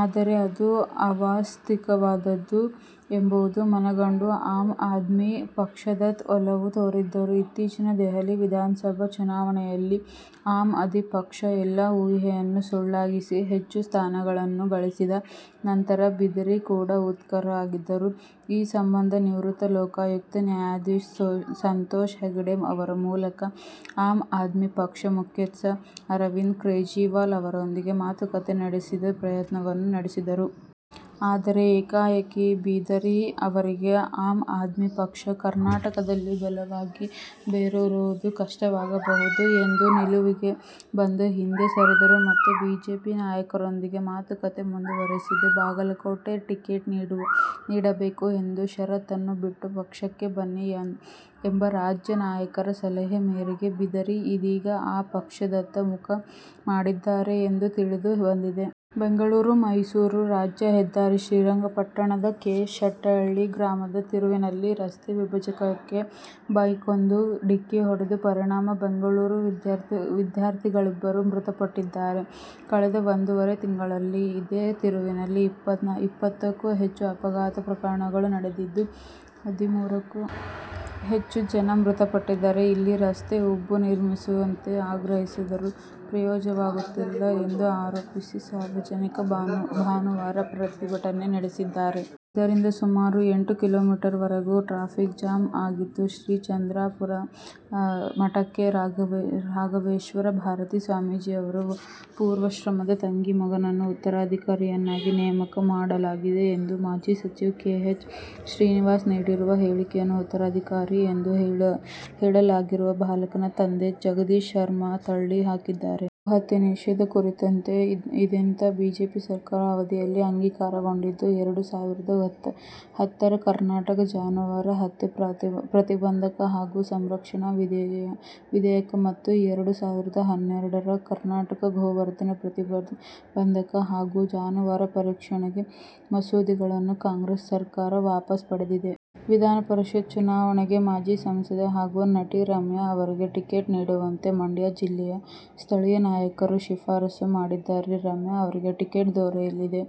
ಆದರೆ, ಅದು ಆವಾಸ್ತವಿಕವಾದದ್ದು ಎಂಬುದನ್ನು ಮನಗಂಡು ಆಮ್ ಆದ್ಮಿ ಪಕ್ಷದತ್ತ ಒಲವು ತೋರಿದ್ದರು. ಇತ್ತೀಚಿನ ದೆಹಲಿ ವಿಧಾನಸಭಾ ಚುನಾವಣೆಯಲ್ಲಿ ಆಮ್ ಆದ್ಮಿ ಪಕ್ಷ ಎಲ್ಲರ ಊಹೆಯನ್ನು ಸುಳ್ಳಾಗಿಸಿ ಹೆಚ್ಚು ಸ್ಥಾನಗಳನ್ನು ಗಳಿಸಿದ ನಂತರ ಬಿದರಿ ಕೂಡ ಉತ್ಸುಕರಾಗಿದ್ದರು. ಈ ಸಂಬಂಧ ನಿವೃತ್ತ ಲೋಕಾಯುಕ್ತ ನ್ಯಾಯಾಧೀಶ ಸಂತೋಷ್ ಹೆಗ್ಡೆ ಅವರ ಮೂಲಕ ಆಮ್ ಆದ್ಮಿ ಪಕ್ಷದ ಮುಖ್ಯಸ್ಥ ಅರವಿಂದ್ ಕೇಜ್ರಿವಾಲ್ ಅವರೊಂದಿಗೆ ಮಾತುಕತೆ ನಡೆಸುವ ಪ್ರಯತ್ನವನ್ನೂ ನಡೆಸಿದರು. ಆದರೆ, ಏಕಾಏಕಿ ಬಿದರಿ ಅವರಿಗೆ ಆಮ್ ಆದ್ಮಿ ಪಕ್ಷ ಕರ್ನಾಟಕದಲ್ಲಿ ಬಲವಾಗಿ ಬೇರೂರುವುದು ಕಷ್ಟವಾಗಬಹುದು ಎಂಬ ನಿಲುವಿಗೆ ಬಂದು ಹಿಂದೆ ಸರಿದರು. ಮತ್ತೆ ಬಿಜೆಪಿ ನಾಯಕರೊಂದಿಗೇ ಮಾತುಕತೆ ಮುಂದುವರೆಸಿದರು. ಬಾಗಲಕೋಟೆ ಟಿಕೆಟ್ ನೀಡಬೇಕು ಎಂಬ ಷರತ್ತನ್ನು ಬಿಟ್ಟು ಪಕ್ಷಕ್ಕೆ ಬನ್ನಿ ಎಂಬ ರಾಜ್ಯ ನಾಯಕರ ಸಲಹೆ ಮೇರೆಗೆ ಬಿದರಿ ಇದೀಗ ಆ ಪಕ್ಷದತ್ತ ಮುಖ ಮಾಡಿದ್ದಾರೆ ಎಂದು ತಿಳಿದು ಬಂದಿದೆ. ಬೆಂಗಳೂರು- ಮೈಸೂರು ರಾಜ್ಯ ಹೆದ್ದಾರಿಯ ಶ್ರೀರಂಗಪಟ್ಟಣದ ಕೆ. ಶೆಟ್ಟಿಹಳ್ಳಿ ಗ್ರಾಮದ ತಿರುವಿನಲ್ಲಿ ರಸ್ತೆ ವಿಭಜಗಕ್ಕೆ ಬೈಕೊಂದು ಡಿಕ್ಕಿ ಹೊಡೆದ ಪರಿಣಾಮ ಬೆಂಗಳೂರಿನ ವಿದ್ಯಾರ್ಥಿಗಳಿಬ್ಬರು ಮೃತಪಟ್ಟಿದ್ದಾರೆ. ಕಳೆದ ಒಂದೂವರೆ ತಿಂಗಳಲ್ಲಿ ಇದೇ ತಿರುವಿನಲ್ಲಿ ಇಪ್ಪತ್ತಕ್ಕೂ ಹೆಚ್ಚು ಅಪಘಾತ ಪ್ರಕರಣಗಳು ನಡೆದಿದ್ದು, ಹದಿಮೂರಕ್ಕೂ ಹೆಚ್ಚು ಜನ ಮೃತಪಟ್ಟಿದ್ದಾರೆ. ಇಲ್ಲಿ ರಸ್ತೆ ಉಬ್ಬು ನಿರ್ಮಿಸುವಂತೆ ಆಗ್ರಹಿಸಿದರೂ ಪ್ರಯೋಜನವಾಗುತ್ತಿಲ್ಲ ಎಂದು ಆರೋಪಿಸಿ ಸಾರ್ವಜನಿಕರು ಭಾನುವಾರ ಪ್ರತಿಭಟನೆ ನಡೆಸಿದ್ದಾರೆ. ಇದರಿಂದ ಸುಮಾರು ಎಂಟು ಕಿಲೋಮೀಟರ್ವರೆಗೂ ಟ್ರಾಫಿಕ್ ಜಾಮ್ ಆಗಿತ್ತು. ಶ್ರೀ ರಾಮಚಂದ್ರಾಪುರ ಮಠಕ್ಕೆ ರಾಘವೇಶ್ವರ ಭಾರತಿ ಸ್ವಾಮೀಜಿಯವರ ಪೂರ್ವಾಶ್ರಮದ ತಂಗಿ ಮಗನನ್ನು ಉತ್ತರಾಧಿಕಾರಿಯನ್ನಾಗಿ ನೇಮಕ ಮಾಡಲಾಗಿದೆ ಎಂದು ಮಾಜಿ ಸಚಿವ ಕೆ. ಎಚ್. ಶ್ರೀನಿವಾಸ್ ನೀಡಿರುವ ಹೇಳಿಕೆಯನ್ನು ಉತ್ತರಾಧಿಕಾರಿ ಎಂದು ಹೇಳಲಾಗಿರುವ ಬಾಲಕನ ತಂದೆ ಜಗದೀಶ್ ಶರ್ಮಾ ತಳ್ಳಿ ಹಾಕಿದ್ದಾರೆ. ಗೋಹತ್ಯೆ ನಿಷೇಧ ಕುರಿತಂತೆ ಹಿಂದಿನ ಬಿಜೆಪಿ ಸರ್ಕಾರದ ಅವಧಿಯಲ್ಲಿ ಅಂಗೀಕಾರಗೊಂಡಿದ್ದ ಎರಡು ಸಾವಿರದ ಹತ್ತರ ಕರ್ನಾಟಕ ಜಾನುವಾರು ಹತ್ಯೆ ಪ್ರತಿಬಂಧಕ ಹಾಗೂ ಸಂರಕ್ಷಣಾ ವಿಧೇಯಕ ಮತ್ತು ಎರಡು ಸಾವಿರದ ಹನ್ನೆರಡರ ಕರ್ನಾಟಕ ಗೋವಧೆ ಪ್ರತಿಬಂಧಕ ಹಾಗೂ ಜಾನುವಾರು ಪರಿರಕ್ಷಣೆ ಮಸೂದೆಗಳನ್ನು ಕಾಂಗ್ರೆಸ್ ಸರ್ಕಾರ ವಾಪಸ್ ಪಡೆದಿದೆ. ವಿಧಾನಪರಿಷತ್ ಚುನಾವಣೆಗೆ ಮಾಜಿ ಸಂಸದೆ ಹಾಗೂ ನಟಿ ರಮ್ಯಾ ಅವರಿಗೆ ಟಿಕೆಟ್ ನೀಡುವಂತೆ ಮಂಡ್ಯ ಜಿಲ್ಲೆಯ ಸ್ಥಳೀಯ ನಾಯಕರು ಶಿಫಾರಸು ಮಾಡಿದ್ದರೆ ರಮ್ಯಾ ಅವರಿಗೆ ಟಿಕೆಟ್ ದೊರೆಯಲಿದೆ.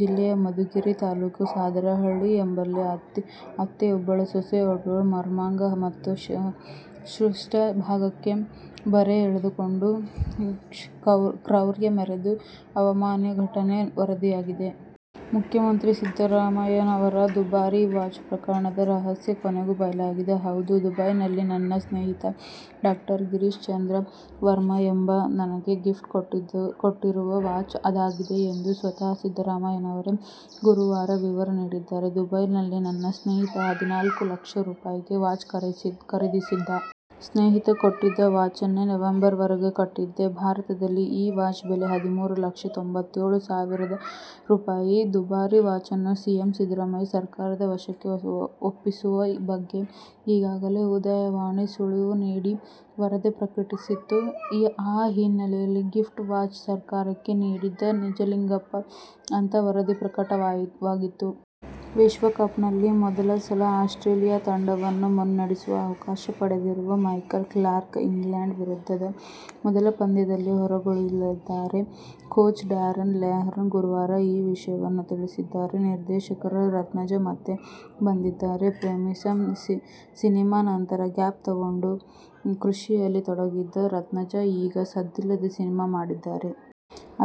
ಜಿಲ್ಲೆಯ ಮಧುಗಿರಿ ತಾಲೂಕಿನ ಸಾದರಹಳ್ಳಿ ಎಂಬಲ್ಲಿ ಅತ್ತೆಯೊಬ್ಬಳು ಸೊಸೆಯ ಮರ್ಮಾಂಗ ಮತ್ತು ಪೃಷ್ಠ ಭಾಗಕ್ಕೆ ಬರೆ ಎಳೆದು ಕ್ರೌರ್ಯ ಮೆರೆದ ಅಮಾನವೀಯ ಘಟನೆ ವರದಿಯಾಗಿದೆ. ಮುಖ್ಯಮಂತ್ರಿ ಸಿದ್ಧರಾಮಯ್ಯನವರ ದುಬಾರಿ ವಾಚ್ ಪ್ರಕರಣದ ರಹಸ್ಯ ಕೊನೆಗೂ ಬಯಲಾಗಿದೆ. ಹೌದು ದುಬೈನಲ್ಲಿರುವ ನನ್ನ ಸ್ನೇಹಿತ ಡಾ. ಗಿರೀಶ್ ಚಂದ್ರ ವರ್ಮಾ ಎಂಬಾತ ನನಗೆ ಗಿಫ್ಟ್ ಕೊಟ್ಟಿರುವ ವಾಚ್ ಅದಾಗಿದೆ ಎಂದು ಸ್ವತಃ ಸಿದ್ದರಾಮಯ್ಯನವರೇ ಗುರುವಾರ ವಿವರ ನೀಡಿದ್ದಾರೆ. ದುಬೈನಲ್ಲಿ ನನ್ನ ಸ್ನೇಹಿತ ಹದಿನಾಲ್ಕು ಲಕ್ಷ ರೂಪಾಯಿಗೆ ವಾಚ್ ಖರೀದಿಸಿದ್ದ. ಸ್ನೇಹಿತ ಕೊಟ್ಟಿದ್ದ ವಾಚನ್ನೆ ನವೆಂಬರ್ ವರೆಗೆ ಕಟ್ಟಿದ್ದೆ. ಭಾರತದಲ್ಲಿ ಈ ವಾಚ್ ಬೆಲೆ ಹದಿಮೂರು ಲಕ್ಷ ತೊಂಬತ್ತೇಳು ಸಾವಿರ ರೂಪಾಯಿ. ದುಬಾರಿ ವಾಚನ್ನು ಸಿಎಂ ಸಿದ್ದರಾಮಯ್ಯ ಸರ್ಕಾರದ ವಶಕ್ಕೆ ಒಪ್ಪಿಸುವ ಬಗ್ಗೆ ಈಗಾಗಲೇ ಉದಯವಾಣಿ ಸುಳಿವು ನೀಡಿ ವರದಿ ಪ್ರಕಟಿಸಿತ್ತು. ಆ ಹಿನ್ನೆಲೆಯಲ್ಲಿ ಗಿಫ್ಟ್ ವಾಚ್ ಸರ್ಕಾರಕ್ಕೆ ನೀಡಿದ್ದ ನಿಜಲಿಂಗಪ್ಪ ಅಂತ ವರದಿ ಪ್ರಕಟವಾಗಿತ್ತು. ವಿಶ್ವಕಪ್ನಲ್ಲಿ ಮೊದಲ ಸಲ ಆಸ್ಟ್ರೇಲಿಯ ತಂಡವನ್ನು ಮುನ್ನಡೆಸುವ ಅವಕಾಶ ಪಡೆದಿರುವ ಮೈಕಲ್ ಕ್ಲಾರ್ಕ್ ಇಂಗ್ಲೆಂಡ್ ವಿರುದ್ಧದ ಮೊದಲ ಪಂದ್ಯದಿಂದ ಹೊರಗುಳಿಯಲಿದ್ದಾರೆ. ಕೋಚ್ ಡ್ಯಾರನ್ ಲೆಹ್ಮನ್ ಗುರುವಾರ ಈ ವಿಷಯವನ್ನು ತಿಳಿಸಿದ್ದಾರೆ. ನಿರ್ದೇಶಕ ರತ್ನಜ ಮತ್ತೆ ಬಂದಿದ್ದಾರೆ. "ಪ್ರೇಮಿಸಂ' ಸಿನಿಮಾ ನಂತರ ಗ್ಯಾಪ್ ತಗೊಂಡು, ಕೃಷಿಯಲ್ಲಿ ತೊಡಗಿದ್ದ ರತ್ನಜ ಈಗ ಸದ್ದಿಲ್ಲದೇ ಸಿನಿಮಾ ಮಾಡಿದ್ದಾರೆ.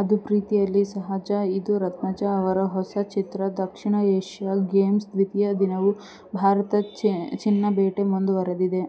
ಅದು "ಪ್ರೀತಿಯಲ್ಲಿ ಸಹಜ'. ಇದು ರತ್ನಜ ಅವರ ಹೊಸ ಚಿತ್ರ. ದಕ್ಷಿಣ ಏಶ್ಯನ್ ಗೇಮ್ಸ್ನ ದ್ವಿತೀಯ ದಿನವೂ ಭಾರತದ ಚಿನ್ನ ಬೇಟೆ ಮುಂದುವರೆದಿದೆ.